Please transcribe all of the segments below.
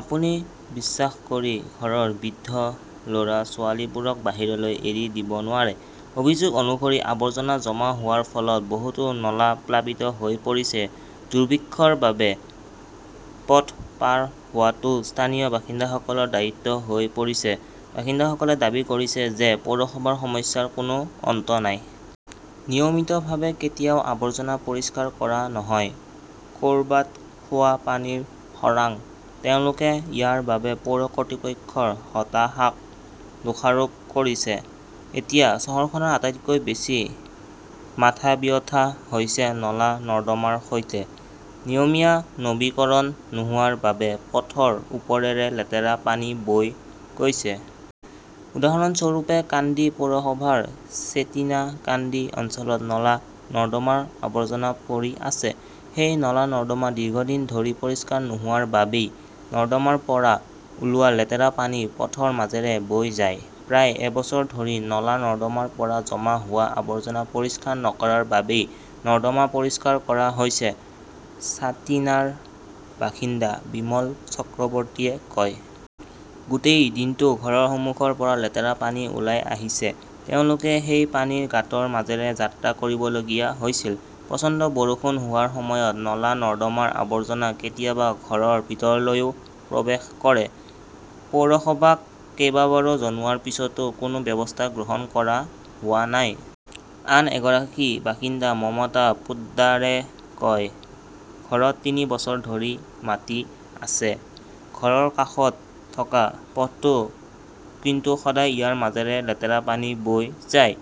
আপুনি বিশ্বাস কৰি ঘৰৰ বৃদ্ধ-ল "ৰা-ছোৱালীবোৰক বাহিৰলৈ এৰি দিব নোৱাৰে। অভিযোগ অনুসৰি, আৱৰ্জনা জমা হোৱাৰ ফলত বহুতো নলা প্লাবিত হৈ পৰিছে। দুৰ্ভিক্ষৰ বাবে পথ পাৰ হোৱাটো ইস্থানীয় বাসিন্দাসকলৰ দায়িত্ব হৈ পৰিছে। বাসিন্দাসকলে দাবী কৰিছে যে পৌৰসভাৰ সমস্যাৰ কোনো অন্ত নাই। নিয়মিতভাৱে কেতিয়াও আৱৰ্জনা পৰিষ্কাৰ কৰা নহয়। ক'ৰবাত খোৱা পানীৰ খৰাং। তেওঁলোকে ইয়াৰ বাবে পৌৰ কৰ্তৃপক্ষৰ হতাশাক দোষাৰোপ কৰিছে। এতিয়া চহৰখনৰ আটাইতকৈ বেছি মাথাব্যথা হৈছে নলা-নৰ্দমাৰ সৈতে। নিয়মীয়া নৱীকৰণ নোহোৱাৰ বাবে পথৰ ওপৰেৰে লেতেৰা পানী বৈ গৈছে। উদাহৰণস্বৰূপে, কান্দি পৌৰসভাৰ চেটিনা-কান্দি অঞ্চলত নলা-নৰ্দমাৰ আৱৰ্জনা পৰি আছে। সেই নলা-নৰ্দমা দীৰ্ঘদিন ধৰি পৰিষ্কাৰ নোহোৱাৰ বাবেই নৰ্দমাৰ পৰা ওলোৱা লেতেৰা পানী পথৰ মাজেৰে বৈ যায়। প্ৰায় এবছৰ ধৰি নলা-নৰ্দমাৰ পৰা জমা হোৱা আৱৰ্জনা পৰিষ্কাৰ নকৰাৰ বাবেই নৰ্দমা পৰিষ্কাৰ কৰা হৈছে, ছাতিনাৰ বাসিন্দা বিমল চক্ৰৱৰ্তীয়ে কয়। গোটেই দিনটো ঘৰৰ সন্মুখৰ পৰা লেতেৰা পানী ওলাই আহিছে। তেওঁলোকে সেই পানীৰ গাঁতৰ মাজেৰে যাত্ৰা কৰিবলগীয়া হৈছিল। প্ৰচণ্ড বৰষুণ হোৱাৰ সময়ত নলা-নৰ্দমাৰ আৱৰ্জনা কেতিয়াবা ঘৰৰ ভিতৰলৈও প্ৰৱেশ কৰে। পৌৰসভাক কেইবাবাৰো জনোৱাৰ পিছতো কোনো ব্যৱস্থা গ্ৰহণ কৰা হোৱা নাই। আন এগৰাকী বাসিন্দা মমতা পোদ্দাৰে কয়, ঘৰত তিনি বছৰ ধৰি মাতি আছে। ঘৰৰ কাষত থকা পথটো কিন্তু সদায় ইয়াৰ মাজেৰে লেতেৰা পানী বৈ যায়।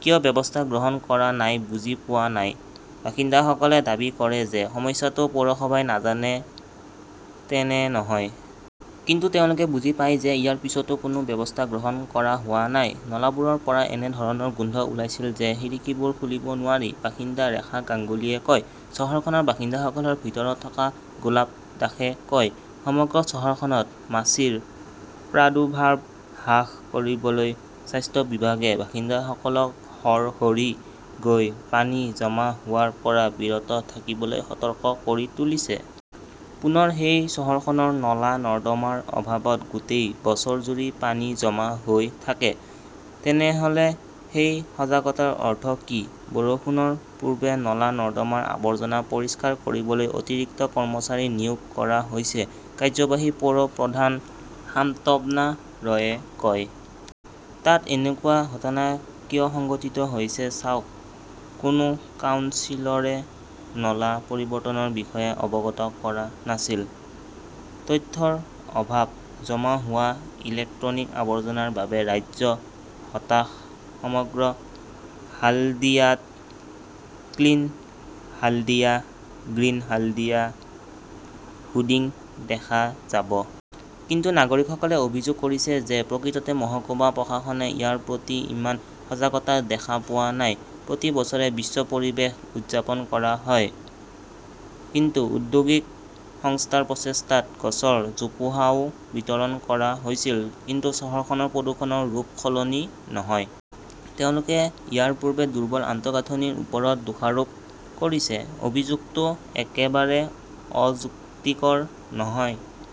কিয় ব্যৱস্থা গ্ৰহণ কৰা নাই বুজি পোৱা নাই। বাসিন্দাসকলে দাবী কৰে যে ,সমস্যাটো পৌৰসভাই নাজানে তেনে নহয়। কিন্তু তেওঁলোকে বুজি পায় যে ইয়াৰ পিছতো কোনো ব্যৱস্থা গ্ৰহণ কৰা হোৱা নাই। নালাবোৰৰ পৰা এনে ধৰণৰ গোন্ধ ওলাইছিল যে খিৰিকীবোৰ খুলিব নোৱাৰি, বাসিন্দা ৰেখা গাংগুলীয়ে কয়। চহৰখনৰ বাসিন্দাসকলৰ ভিতৰত থকা গোপাল দাসে কয়, সমগ্ৰ চহৰখনত মাছিৰ প্ৰাদুৰ্ভাৱ হ্ৰাস কৰিবলৈ স্বাস্থ্য বিভাগে বাসিন্দাসকলক ঘৰ-ঘৰি গৈ পানী জমা হোৱাৰ পৰা বিৰত থাকিবলৈ সতৰ্ক কৰি তুলিছে। পুনৰ সেই চহৰখনৰ নলা-নৰ্দমাৰ অভাৱত গোটেই বছৰজুৰি পানী জমা হৈ থাকে। তেনেহ'লে সেই সজাগতাৰ অৰ্থ কি? বৰষুণৰ পূৰ্বে নলা-নৰ্দমাৰ আৱৰ্জনা পৰিষ্কাৰ কৰিবলৈ অতিৰিক্ত কৰ্মচাৰী নিয়োগ কৰা হৈছে, কাৰ্যবাহী পৌৰ প্ৰধান সান্ত্বনা ৰয়ে কয়। তাত এনেকুৱা ঘটনা কিয় সংঘটিত হৈছে চাওক। কোনো কাউন্সিলৰে নলা পৰিৱৰ্তনৰ বিষয়ে অৱগত কৰা নাছিল। । তথ্যৰ অভাৱ, জমা হোৱা ইলেক্ট্ৰনিক আৱৰ্জনাৰ বাবে ৰাজ্য হতাশ সমগ্ৰ হাল্ডিয়াত 'clean Haldia, green Haldia "hoarding দেখা যাব। কিন্তু নাগৰিকসকলে অভিযোগ কৰিছে যে প্ৰকৃততে মহকুমা প্ৰশাসনে ইয়াৰ প্ৰতি ইমান সজাগতা দেখা পোৱা নাই। প্ৰতি বছৰে বিশ্ব পৰিৱেশ উদযাপন কৰা হয়। বিভিন্ন ঔদ্যোগিক সংস্থাৰ প্ৰচেষ্টাত গছৰ জোপোহাও বিতৰণ কৰা হৈছিল। কিন্তু চহৰখনৰ প্ৰদূষণৰ ৰূপ সলনি নহয়। তেওঁলোকে ইয়াৰ বাবে দুৰ্বল আন্তঃগাঁথনিৰ ওপৰত দোষাৰোপ কৰিছে। অভিযোগটো একেবাৰে অযৌক্তিক নহয় ।